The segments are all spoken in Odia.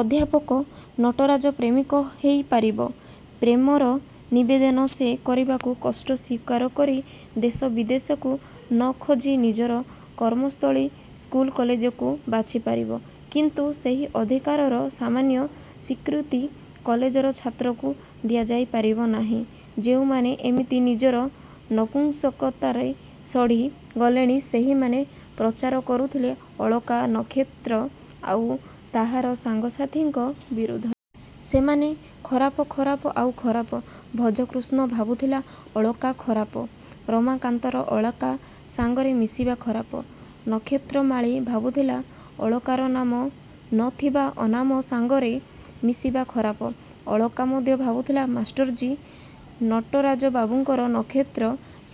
ଅଧ୍ୟାପକ ନଟରାଜ ପ୍ରେମିକ ହେଇ ପାରିବ। ପ୍ରେମର ନିବେଦନ ସେ କରିବାକୁ କଷ୍ଟ ସ୍ୱୀକାର କରି ଦେଶ ବିଦେଶକୁ ନ ଖୋଜି ନିଜର କର୍ମସ୍ଥଳୀ ସ୍କୁଲ କଲେଜକୁ ବାଛି ପାରିବ; କିନ୍ତୁ ସେହି ଅଧିକାରର ସାମାନ୍ୟ ସ୍ୱୀକୃତି କଲେଜର ଛାତ୍ରକୁ ଦିଆଯାଇ ପାରିବ ନାହିଁ। ଯେଉଁମାନେ ଏମିତି ନିଜର ନପୁଂସକତାରେ ସଢ଼ି ଗଲେଣି ସେହିମାନେ ପ୍ରଚାର କରୁଥିଲେ ଅଳକା, ନକ୍ଷତ୍ର ଆଉ ତାହାର ସାଙ୍ଗସାଥୀଙ୍କ ବିରୁଦ୍ଧରେ। ସେମାନେ ଖରାପ-ଖରାପ-ଆଉ ଖରାପ। ଭଜକୃଷ୍ଣ ଭାବୁଥିଲା-ଅଳକା ଖରାପ। ରମାକାନ୍ତର ଅଳକା ସାଙ୍ଗରେ ମିଶିବା ଖରାପ-। ନକ୍ଷତ୍ରମାଳୀ ଭାବୁଥିଲା-ଅଳକାର ନାମ ନ ଥିବା ଅନାମ ସାଙ୍ଗରେ ମିଶିବା ଖରାପ-। ଅଳକା ମଧ୍ୟ ଭାବୁଥିଲା-ମାଷ୍ଟରଜୀ ନଟରାଜବାବୁଙ୍କର ନକ୍ଷତ୍ର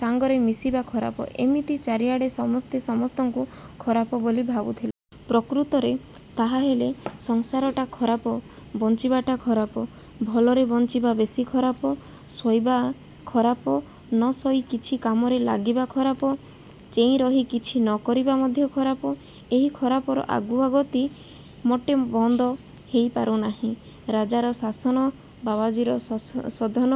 ସାଙ୍ଗରେ ମିଶିବା ଖରାପ। ଏମିତି ଚାରିଆଡ଼େ ସମସ୍ତେ ସମସ୍ତଙ୍କୁ ଖରାପ ବୋଲି ଭାବୁଥିଲେ। ପ୍ରକୃତରେ ତାହାହେଲେ ସଂସାରଟା ଖରାପ-ବଞ୍ଚିବାଟା ଖରାପ। ଭଲରେ ବଞ୍ଚିବା ବେଶି ଖରାପ। ଶୋଇବା ଖରାପ-ନ ଶୋଇ କିଛି କାମରେ ଲାଗିବା ଖରାପ। ଚେଇଁରହି କିଛି ନ କରିବା ମଧ୍ୟ ଖରାପ। ଏହି ଖରାପର ଆଗୁଆ ଗତି ମୋଟେ ବନ୍ଦ ହେଇ ପାରୁନାହିଁ। ରାଜାର ଶାସନ, ବାବାଜୀର ଶୋଧନ,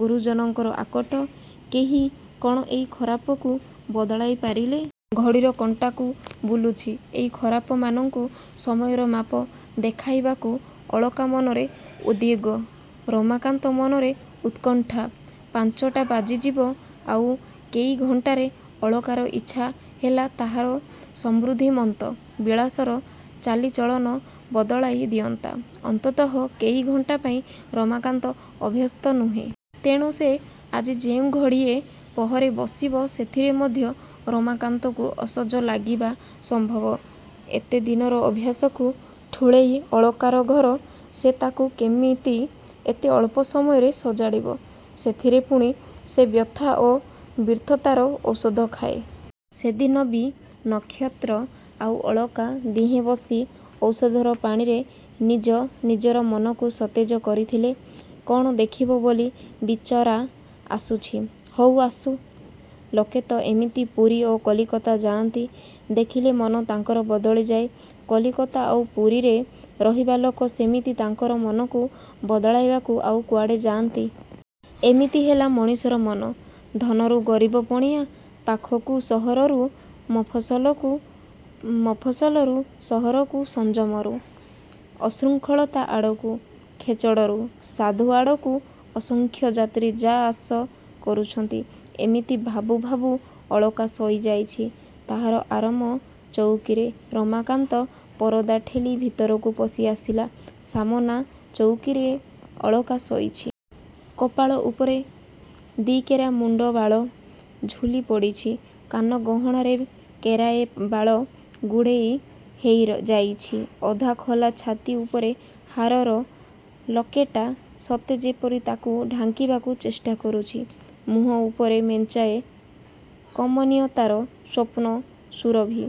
ଗୁରୁଜନଙ୍କର ଆକଟ-କେହି କ'ଣ ଏଇ ଖରାପକୁ ବଦଳାଇ ପାରିଲେ? ଘଡ଼ିର କଣ୍ଟା ବୁଲୁଛି ଏହି ଖରାପମାନଙ୍କୁ ସମୟର ମାପ ଦେଖାଇବାକୁ। -ଅଳକା ମନରେ ଉଦ୍ବେଗ। -ରମାକାନ୍ତ ମନରେ ଉତ୍କଣ୍ଠା। ପାଞ୍ଚଟା ବାଜିଯିବ ଆଉ କେଇ ଘଣ୍ଟାରେ। ଅଳକାର ଇଚ୍ଛା ହେଲା ତାହାର ସମୃଦ୍ଧିମନ୍ତ ବିଳାସର ଚାଲିଚଳନ ବଦଳାଇ ଦିଅନ୍ତା-ଅନ୍ତତଃ କେଇ ଘଣ୍ଟା ପାଇଁ। ରମାକାନ୍ତ ଅଭ୍ୟସ୍ତ ନୁହେଁ। ତେଣୁ ସେ ଆସି ଯେଉଁ ଘଡ଼ିଏ ପହରେ ବସିବ ସେଥିରେ ମଧ୍ୟ ରମାକାନ୍ତକୁ ଅସଜ ଲାଗିବା ସମ୍ଭବ। ଏତେ ଦିନର ଅଭ୍ୟାସକୁ ଠୁଳେଇ ଅଳକାର ଘର। ସେ ତା'କୁ କେମିତି ଏତେ ଅଳ୍ପ ସମୟରେ ସଜାଡ଼ିବ? ସେଥିରେ ପୁଣି ସେ ବ୍ୟଥା ଓ ବ୍ୟର୍ଥତାର ଔଷଧ ଖାଏ। ସେଦିନ ବି ନକ୍ଷତ୍ର ଆଉ ଅଳକା ଦିହେଁ ବସି ଔଷଧର ପାଣିରେ ନିଜ ନିଜର ମନକୁ ସତେଜ କରିଥିଲେ। -କ'ଣ ଦେଖିବ ବୋଲି ବିଚରା ଆସୁଛି? -ହଉ, ଆସୁ। ଲୋକେ ତ ଏମିତି ପୁରୀ ଓ କଲିକତା ଯାଆନ୍ତି-ଦେଖିଲେ ମନ ତାଙ୍କର ବଦଳିଯାଏ। କଲିକତା ଆଉ ପୁରୀରେ ରହିବା ଲୋକ ସେମିତି ତାଙ୍କର ମନକୁ ବଦଳାଇବାକୁ ଆଉ କୁଆଡ଼େ ଯାଆନ୍ତି। ଏମିତି ହେଲା ମଣିଷର ମନ-ଧନରୁ ଗରିବ ପଣିଆ ପାଖକୁ-ସହରରୁ ମଫସଲକୁ-ମଫସଲରୁ ସହରକୁ-ସଂଯମରୁ ଉତ୍ସୃଙ୍ଖଳତା ଆଡ଼କୁ-ଖେଚଡ଼ରୁ ସାଧୁ ଆଡ଼କୁ-ଅସଂଖ୍ୟ ଯାତ୍ରୀ ଯା ଆସ କରୁଛନ୍ତି। ଏମିତି ଭାବୁ ଭାବୁ ଅଳକା ଶୋଇ ଯାଇଛି ତାହାର ଆରାମ ଚଉକୀରେ। ରମାକାନ୍ତ ପରଦା ଠେଲି ଭିତରକୁ ପଶି ଆସିଲା। ସାମନା ଚଉକୀରେ ଅଳକା ଶୋଇଛି। କପାଳ ଉପରେ ଦି'କେରା ମୁଣ୍ଡବାଳ ଝୁଲି ପଡ଼ିଛି। କାନ ଗହଣାରେ କେରାଏ ବାଳ ଗୁଡ଼େଇ ହେଇ ଯାଇଛି। ଅଧା ଖୋଲା ଛାତି ଉପରେ ହାରର ଲକେଟ୍ଟା ସତେ ଯେପରି ତାକୁ ଢାଙ୍କିବାକୁ ଚେଷ୍ଟା କରୁଛି। ମୁଁହ ଉପରେ ମେଞ୍ଚାଏ କମନୀୟତାର ସ୍ୱପ୍ନ-ସୁରଭି।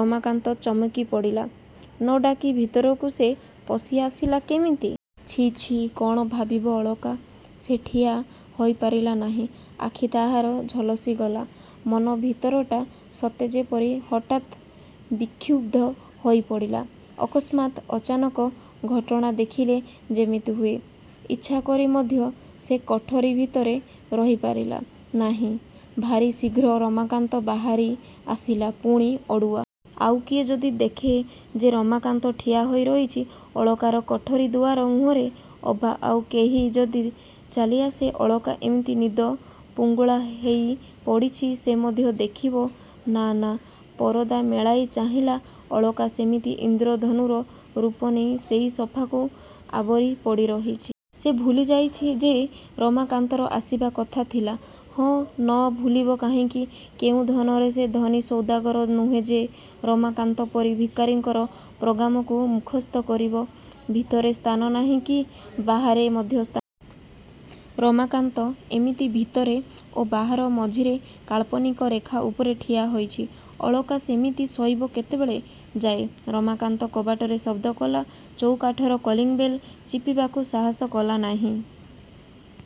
ରମାକାନ୍ତ ଚମକି ପଡ଼ିଲା-ନ ଡାକି ଭିତରକୁ ସେ ପଶି ଆସିଲା କେମିତି? -ଛି, ଛି-କ'ଣ ଭାବିବ ଅଳକା? ସେ ଠିଆ ହୋଇ ପାରିଲା ନାହିଁ। ଆଖି ତାହାର ଝଲସିଗଲା। ମନ ଭିତରଟା ସତେ ଯେପରି ହଠାତ୍ ବିକ୍ଷୁବ୍ଧ ହୋଇ ପଡ଼ିଲା-ଅକସ୍ମାତ୍ ଅଚାନକ ଘଟଣା ଦେଖିଲେ ଯେମିତି ହୁଏ। ଇଚ୍ଛାକରି ମଧ୍ୟ ସେ କୋଠରୀ ଭିତରେ ରହିପାରିଲା ନାହିଁ। ଭାରି ଶୀଘ୍ର ରମାକାନ୍ତ ବାହାରି ଆସିଲା-ପୁଣି ଅଡ଼ୁଆ। ଆଉ କିଏ ଯଦି ଦେଖେ ଯେ ରମାକାନ୍ତ ଠିଆ ହୋଇ ରହିଛି ଅଳକାର କୋଠରୀ ଦୁଆର ମୁହଁରେ। ଅବା ଆଉ କେହି ଯଦି ଚାଲିଆସେ-ଅଳକା ଏମିତି ନିଦ-ଫୁଙ୍ଗୁଳା ହେଇ ପଡ଼ିଛି-ସେ ମଧ୍ୟ ଦେଖିବ? -ନା-ନା। ପରଦା ମେଳାଇ ଚାହିଁଲା। ଅଳକା ସେମିତି ଇନ୍ଦ୍ରଧନୁର ରୂପ ନେଇ ସେଇ ସୋଫାକୁ ଆବୋରି ପଡ଼ି ରହିଛି। ସେ ଭୁଲି ଯାଇଛି ଯେ ରମାକାନ୍ତର ଆସିବା କଥା ଥିଲା ହଁ, ନ ଭୁଲିବ କାହିଁକି? କେଉଁ ଧନରେ ସେ ଧନୀ ସୌଦାଗର ନୁହେଁ ଯେ ରମାକାନ୍ତ ପରି ଭିକାରୀଙ୍କର ପ୍ରୋଗାମକୁ ମୁଖସ୍ଥ କରିବ? ଭିତରେ ସ୍ଥାନ ନାହିଁ। କି ବାହାରେ ମଧ୍ୟ ସ୍ଥାନ ନାହିଁ। ରମାକାନ୍ତ ଏମିତି ଭିତରେ ଓ ବାହାର ମଝିରେ କାଳ୍ପନିକ ରେଖା ଉପରେ ଠିଆ ହୋଇଛି। ଅଳକା ସେମିତି ଶୋଇବ କେତେବେଳ ଯାଏ? ରମାକାନ୍ତ କବାଟରେ ଶବ୍ଦ କଲା। ଚୌକାଠର କଲିଙ୍ଗ୍ ବେଲ୍ ଟିପିବାକୁ ସାହସ କଲା ନାହିଁ।